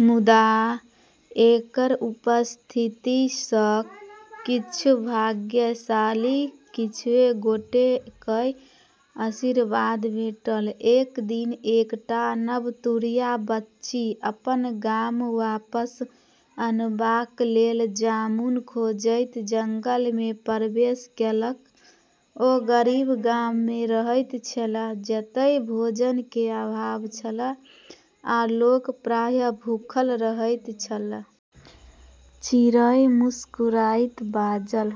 मुदा, एकर उपस्थिति सँ किछु भाग्यशाली किछुए गोटे कए आशीर्वाद भेटल। एक दिन एकटा नवतुरिया बच्ची अपन गाम वापस अनबाक लेल जामुन खोजैत जंगल मे प्रवेश केलक। ओ गरीब गाम मे रहैत छलीह, जतय भोजन के अभाव छल, आ लोक प्रायः भूखल रहैत छल। चिड़ै मुस्कुराइत बाजल,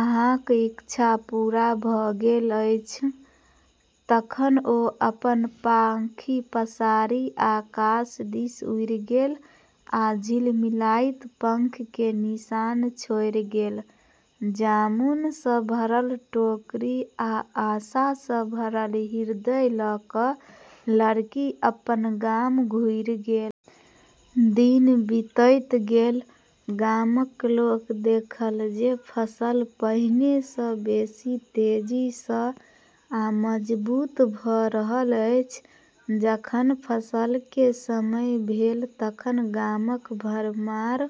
"अहाँक इच्छा पूरा भ' गेल अछि।" तखन ओ अपन पाँखि पसारि आकाश दिस उड़ि गेल आ झिलमिलाइत पंख के निशान छोड़ि गेल। जामुन सँ भरल टोकरी आ आशा सँ भरल हृदय लऽ कऽ लड़की अपन गाम घुरि गेल। दिन बीतैत गेल, गामक लोक देखल जे फसल पहिने सँ बेसी तेजी सँ आ मजबूत भऽ रहल अछि। जखन फसल के समय भेल तखन गामक भरमार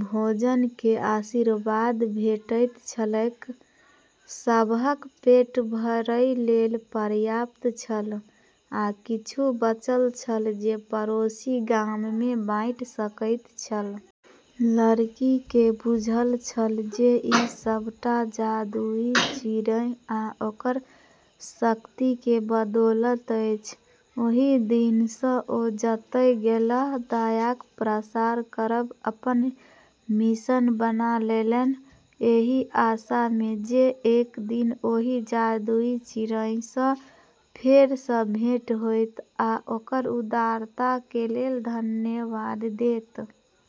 भोजन के आशीर्वाद भेटैत छलैक। सबहक पेट भरय लेल पर्याप्त छल, आ किछु बचल छल जे पड़ोसी गाम मे बाँटि सकैत छल। लड़की के बुझल छल जे ई सबटा जादुई चिड़ै आ ओकर शक्ति के बदौलत अछि। ओहि दिन सँ ओ जतय गेलीह दयाक प्रसार करब अपन मिशन बना लेलनि, एहि आशा मे जे एक दिन ओहि जादुई चिड़ै सँ फेर सँ भेंट होयत आ ओकर उदारता के लेल धन्यवाद देत।